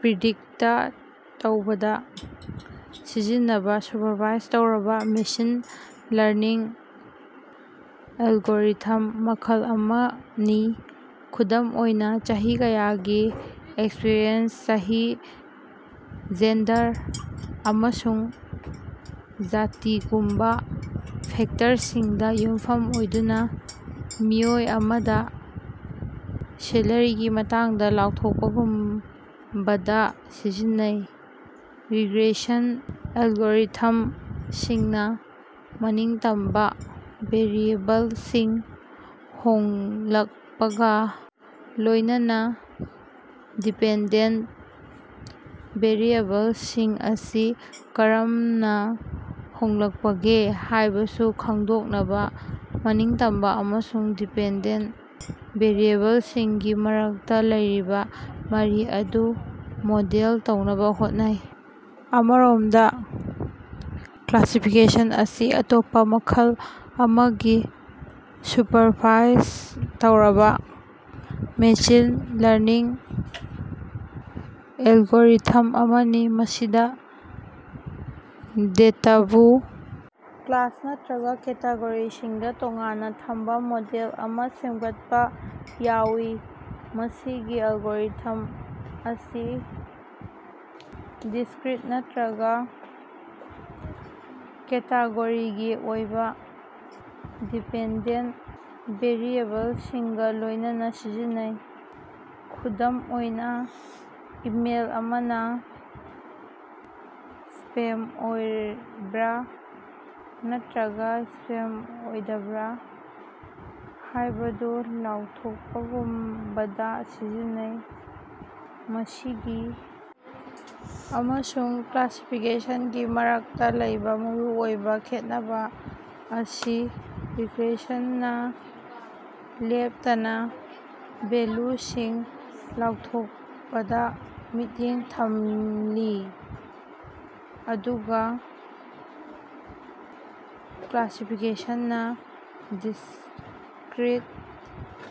Predict ꯇꯧꯕꯗꯥ ꯁꯤꯖꯤꯟꯅꯕꯥ supervise ꯇꯧꯔꯕꯥ ꯃꯦꯁꯤꯟ ꯂꯔꯅꯤꯡ ꯑꯦꯜꯒꯣꯔꯤꯊꯝ ꯃꯈꯜ ꯑꯃꯅꯤ꯫ ꯈꯨꯗꯝ ꯑꯣꯏꯅꯥ, ꯆꯍꯤ ꯀꯌꯥꯒꯤ ꯑꯦꯛꯁꯄꯤꯔꯤꯑꯦꯟꯁ, ꯆꯍꯤ, ꯖꯦꯟꯗꯔ ꯑꯃꯁꯨꯡ ꯖꯥꯇꯤꯒꯨꯝꯕꯥ ꯐꯦꯛꯇꯔꯁꯤꯡꯗꯥ ꯌꯨꯝꯐꯝ ꯑꯣꯏꯗꯨꯅꯥ ꯃꯤꯑꯣꯏ ꯑꯃꯗ ꯁꯤꯂꯩꯒꯤ ꯃꯇꯥꯡꯗꯥ ꯂꯥꯎꯊꯣꯛꯄꯥꯒꯨꯝꯕꯗꯥ ꯁꯤꯖꯤꯟꯅꯩ꯫ ꯔꯤꯔꯦꯁꯟ ꯑꯦꯜꯒꯣꯔꯤꯊꯝꯁꯤꯡꯅꯥ ꯃꯅꯤꯡꯇꯝꯕꯥ ꯚꯦꯔꯤꯑꯦꯕꯜꯁꯤꯡ ꯍꯣꯡꯂꯛꯄꯒꯥ ꯂꯣꯏꯅꯅꯥ ꯗꯤꯄꯦꯟꯗꯦꯟꯇ ꯚꯦꯔꯤꯑꯦꯕꯜꯁꯤꯡ ꯑꯁꯤ ꯀꯔꯝꯅꯥ ꯍꯣꯡꯂꯛꯄꯒꯦ ꯍꯥꯏꯕꯁꯨ ꯈꯪꯗꯣꯛꯅꯕꯥ ꯃꯅꯤꯡꯇꯝꯕꯥ ꯑꯃꯁꯨꯡ ꯗꯤꯄꯦꯟꯗꯦꯟꯇ ꯚꯦꯔꯤꯑꯦꯕꯜꯁꯤꯡꯒꯤ ꯃꯔꯛꯇꯥ ꯂꯩꯔꯤꯕꯥ ꯃꯔꯤ ꯑꯗꯨ ꯃꯣꯗꯦꯜ ꯇꯧꯅꯕꯥ ꯍꯣꯠꯅꯩ꯫ ꯑꯃꯔꯣꯝꯗꯥ ꯀ꯭ꯂꯥꯁꯤꯐꯤꯀꯦꯁꯟ ꯑꯁꯤ ꯑꯇꯣꯞꯄꯥ ꯃꯈꯜ ꯑꯃꯒꯤ ꯁꯨꯄꯔꯚꯥꯏꯖ ꯇꯧꯔꯕꯥ ꯃꯦꯁꯤꯟ ꯂꯔꯅꯤꯡ ꯑꯦꯜꯒꯣꯔꯤꯊꯝ ꯑꯃꯅꯤ ꯃꯁꯤꯗꯥ ꯗꯦꯇꯥꯕꯨ ꯀ꯭ꯂꯥꯁ ꯅꯠꯇ꯭ꯔꯒꯥ ꯀꯦꯇꯦꯒꯣꯔꯤꯁꯤꯡꯗꯥ ꯇꯣꯉꯥꯟꯅꯥ ꯊꯝꯕꯥ ꯃꯣꯗꯦꯜ ꯑꯃꯥ ꯁꯦꯝꯒꯠꯄꯥ ꯌꯥꯎꯏ꯫ ꯃꯁꯤꯒꯤ ꯑꯦꯜꯒꯣꯔꯤꯊꯝ ꯑꯁꯤ ꯗꯤꯁꯀ꯭ꯔꯤꯠ ꯅꯠꯇ꯭ꯔꯒꯥ ꯀꯦꯇꯦꯒꯣꯔꯤꯒꯤ ꯑꯣꯏꯕꯥ ꯗꯤꯄꯦꯟꯗꯦꯟꯇ ꯚꯦꯔꯤꯑꯦꯕꯜꯁꯤꯡꯒꯥ ꯂꯣꯏꯅꯅꯥ ꯁꯤꯖꯤꯟꯅꯩ꯫ ꯈꯨꯗꯝ ꯑꯣꯏꯅꯥ, ꯏꯃꯦꯜ ꯑꯃꯅꯥ ꯁ꯭ꯄꯦꯝ ꯑꯣꯏꯕ꯭ꯔꯥ ꯅꯠꯇ꯭ꯔꯒꯥ ꯁ꯭ꯄꯦꯝ ꯑꯣꯏꯗꯕ꯭ꯔꯥ ꯍꯥꯏꯕꯗꯨ ꯂꯥꯎꯊꯣꯛꯄꯥꯒꯨꯝꯕꯗꯥ ꯁꯤꯖꯤꯟꯅꯩ꯫ ꯃꯁꯤꯒꯤ ꯑꯃꯁꯨꯡ ꯀ꯭ꯂꯥꯁꯤꯐꯤꯀꯦꯁꯟꯒꯤ ꯃꯔꯛꯇꯥ ꯂꯩꯕꯥ ꯃꯔꯨꯑꯣꯏꯕꯥ ꯈꯦꯠꯅꯕꯥ ꯑꯁꯤ ꯔꯤꯒ꯭ꯔꯦꯁꯟꯅꯥ ꯂꯦꯞꯇꯅꯥ ꯚꯦꯜꯂꯨꯁꯤꯡ ꯂꯥꯎꯊꯣꯛꯄꯗꯥ ꯃꯤꯠꯌꯦꯡ ꯊꯝꯂꯤ ꯑꯗꯨꯒꯥ ꯀ꯭ꯂꯥꯁꯤꯐꯤꯀꯦꯁꯟꯅꯥ ꯗꯤꯁꯀ꯭ꯔꯤꯠ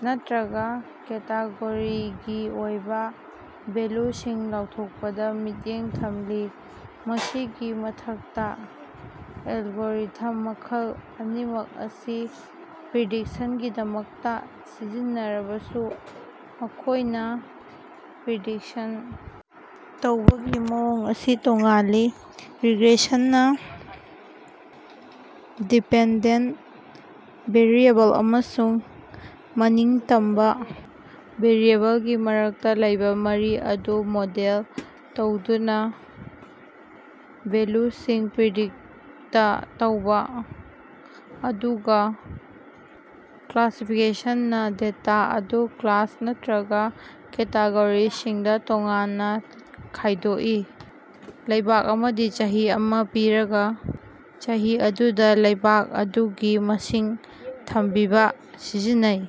ꯅꯠꯇ꯭ꯔꯒꯥ ꯀꯦꯇꯦꯒꯣꯔꯤꯒꯤ ꯑꯣꯏꯕꯥ ꯚꯦꯜꯂꯨꯁꯤꯡ ꯂꯥꯎꯊꯣꯛꯄꯗꯥ ꯃꯤꯠꯌꯦꯡ ꯊꯝꯂꯤ꯫ ꯃꯁꯤꯒꯤ ꯃꯊꯛꯇꯥ, ꯑꯦꯜꯒꯣꯔꯤꯊꯝ ꯃꯈꯜ ꯑꯅꯤꯃꯛ ꯑꯁꯤ ꯄ꯭ꯔꯤꯗꯤꯛꯁꯟꯒꯤꯗꯃꯛꯇꯥ ꯁꯤꯖꯤꯟꯅꯔꯕꯁꯨ, ꯃꯈꯣꯏꯅꯥ ꯄ꯭ꯔꯤꯗꯤꯛꯁꯟ ꯇꯧꯕꯒꯤ ꯃꯑꯣꯡ ꯑꯁꯤ ꯇꯣꯉꯥꯜꯂꯤ; ꯔꯤꯒ꯭ꯔꯦꯁꯟꯅꯥ ꯗꯤꯄꯦꯟꯗꯦꯟꯇ ꯚꯦꯔꯤꯑꯦꯕꯜ ꯑꯃꯁꯨꯡ ꯃꯅꯤꯡꯇꯝꯕꯥ ꯚꯦꯔꯤꯑꯦꯕꯜꯒꯤ ꯃꯔꯛꯇꯥ ꯂꯩꯔꯤꯕꯥ ꯃꯔꯤ ꯑꯗꯨ ꯃꯣꯗꯦꯜ ꯇꯧꯗꯨꯅꯥ ꯚꯦꯜꯂꯨꯁꯤꯡ ꯄ꯭ꯔꯤꯗꯤꯛꯇ ꯇꯧꯏ, ꯑꯗꯨꯒꯥ ꯀ꯭ꯂꯥꯁꯤꯐꯤꯀꯦꯁꯟꯅꯥ ꯗꯦꯇꯥ ꯑꯗꯨ ꯀ꯭ꯂꯥꯁ ꯅꯠꯇꯔꯒꯥ ꯀꯦꯇꯦꯒꯣꯔꯤꯁꯤꯡꯗꯥ ꯇꯣꯉꯥꯟꯅꯥ ꯈꯥꯏꯗꯣꯛꯏ꯫ ꯂꯩꯕꯥꯛ ꯑꯃꯗꯤ ꯆꯍꯤ ꯑꯃꯥ ꯄꯤꯔꯒꯥ, ꯆꯍꯤ ꯑꯗꯨꯗꯥ ꯂꯩꯕꯥꯛ ꯑꯗꯨꯒꯤ ꯃꯤꯁꯤꯡ ꯊꯤꯝꯕꯤꯕ ꯁꯤꯖꯤꯟꯅꯩ꯫